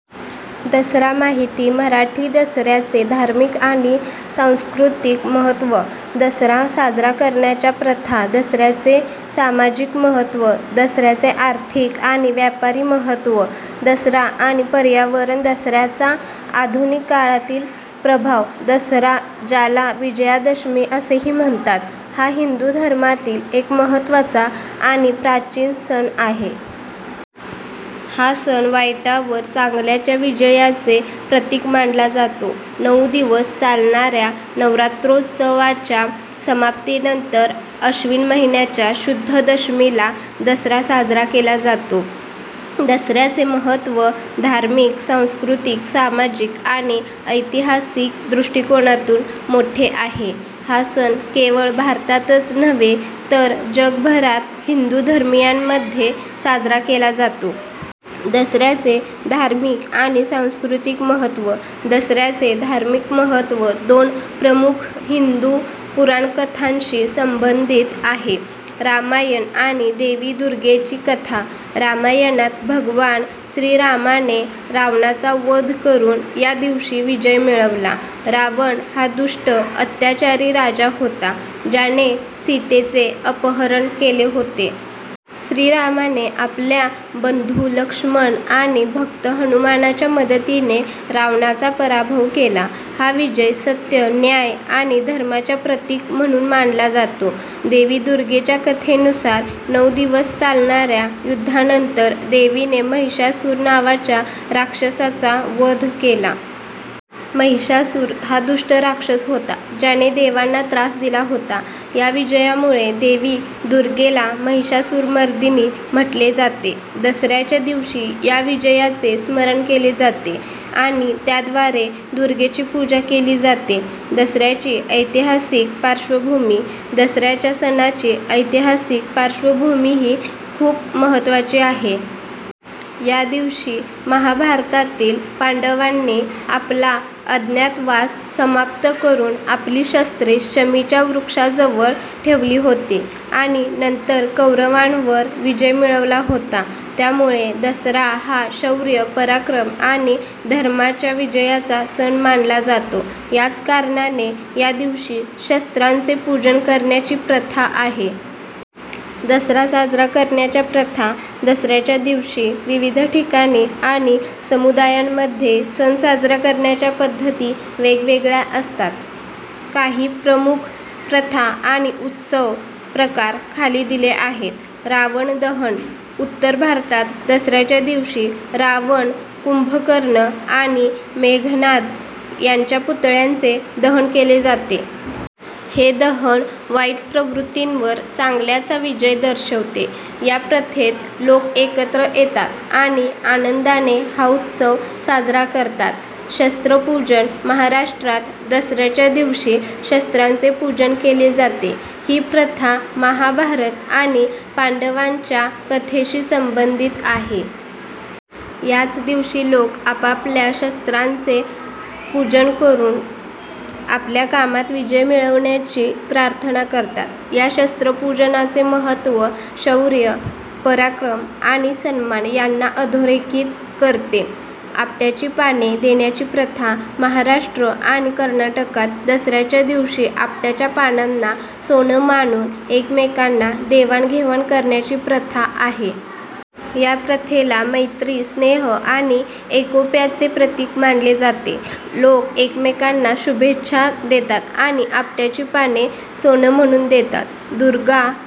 दसरा माहिती मराठी दसऱ्याचे धार्मिक आणि सांस्कृतिक महत्त्व दसरा साजरा करण्याच्या प्रथा दसऱ्याचे सामाजिक महत्त्व दसऱ्याचे आर्थिक आणि व्यापारी महत्त्व दसरा आणि पर्यावरण दसऱ्याचा आधुनिक काळातील प्रभाव दसरा, ज्याला विजयादशमी असेही म्हणतात, हा हिंदू धर्मातील एक महत्त्वाचा आणि प्राचीन सण आहे. हा सण वाईटावर चांगल्याच्या विजयाचे प्रतीक मानला जातो. नऊ दिवस चालणाऱ्या नवरात्रोत्सवाच्या समाप्तीनंतर अश्विन महिन्याच्या शुद्ध दशमीला दसरा साजरा केला जातो. दसऱ्याचे महत्त्व धार्मिक, सांस्कृतिक, सामाजिक आणि ऐतिहासिक दृष्टिकोनातून मोठे आहे. हा सण केवळ भारतातच नव्हे, तर जगभरात हिंदू धर्मीयांमध्ये साजरा केला जातो. दसऱ्याचे धार्मिक आणि सांस्कृतिक महत्त्व, दसऱ्याचे धार्मिक महत्त्व दोन प्रमुख हिंदू पुराणकथांशी संबंधित आहे, रामायण आणि देवी दुर्गेची कथा. रामायणात भगवान श्रीरामाने रावणाचा वध करून या दिवशी विजय मिळवला. रावण हा दुष्ट, अत्याचारी राजा होता, ज्याने सीतेचे अपहरण केले होते. श्रीरामाने आपल्या बंधू लक्ष्मण आणि भक्त हनुमानाच्या मदतीने रावणाचा पराभव केला. हा विजय सत्य, न्याय आणि धर्माच्या प्रतीक म्हणून मानला जातो. देवी दुर्गेच्या कथेनुसार, नऊ दिवस चालणाऱ्या युद्धानंतर देवीने महिषासुर नावाच्या राक्षसाचा वध केला. महिषासुर हा दुष्ट राक्षस होता, ज्याने देवांना त्रास दिला होता. या विजयामुळे देवी दुर्गेला महिषासुरमर्दिनी म्हटले जाते. दसऱ्याच्या दिवशी या विजयाचे स्मरण केले जाते आणि त्याद्वारे दुर्गेची पूजा केली जाते. दसऱ्याची ऐतिहासिक पार्श्वभूमी, दसऱ्याच्या सणाची ऐतिहासिक पार्श्वभूमीही खूप महत्त्वाची आहे. या दिवशी महाभारतातील पांडवांनी आपला अज्ञातवास समाप्त करून आपली शस्त्रे शमीच्या वृक्षाजवळ ठेवली होती आणि नंतर कौरवांवर विजय मिळवला होता. त्यामुळे दसरा हा शौर्य, पराक्रम आणि धर्माच्या विजयाचा सण मानला जातो. याच कारणाने या दिवशी शस्त्रांचे पूजन करण्याची प्रथा आहे. दसरा साजरा करण्याच्या प्रथा, दसऱ्याच्या दिवशी विविध ठिकाणी आणि समुदायांमध्ये सण साजरा करण्याच्या पद्धती वेगवेगळ्या असतात. काही प्रमुख प्रथा आणि उत्सव प्रकार खाली दिले आहेत. रावण दहन, उत्तर भारतात दसऱ्याच्या दिवशी रावण, कुंभकर्ण आणि मेघनाद यांच्या पुतळ्यांचे दहन केले जाते. हे दहन वाईट प्रवृत्तींवर चांगल्याचा विजय दर्शवते. या प्रथेत लोक एकत्र येतात आणि आनंदाने हा उत्सव साजरा करतात. शस्त्र पूजन, महाराष्ट्रात दसऱ्याच्या दिवशी शस्त्रांचे पूजन केले जाते. ही प्रथा महाभारत आणि पांडवांच्या कथेशी संबंधित आहे. याच दिवशी लोक आपापल्या शस्त्रांचे पूजन करून आपल्या कामात विजय मिळवण्याची प्रार्थना करतात. या शस्त्रपूजनाचे महत्त्व शौर्य, पराक्रम आणि सन्मान यांना अधोरेखित करते. आपट्याची पाने देण्याची प्रथा, महाराष्ट्र आणि कर्नाटकात दसऱ्याच्या दिवशी आपट्याच्या पानांना सोनं मानून एकमेकांना देवाणघेवाण करण्याची प्रथा आहे. या प्रथेला मैत्री, स्नेह आणि एकोप्याचे प्रतीक मानले जाते. लोक एकमेकांना शुभेच्छा देतात आणि आपट्याची पाने सोनं म्हणून देतात. दुर्गा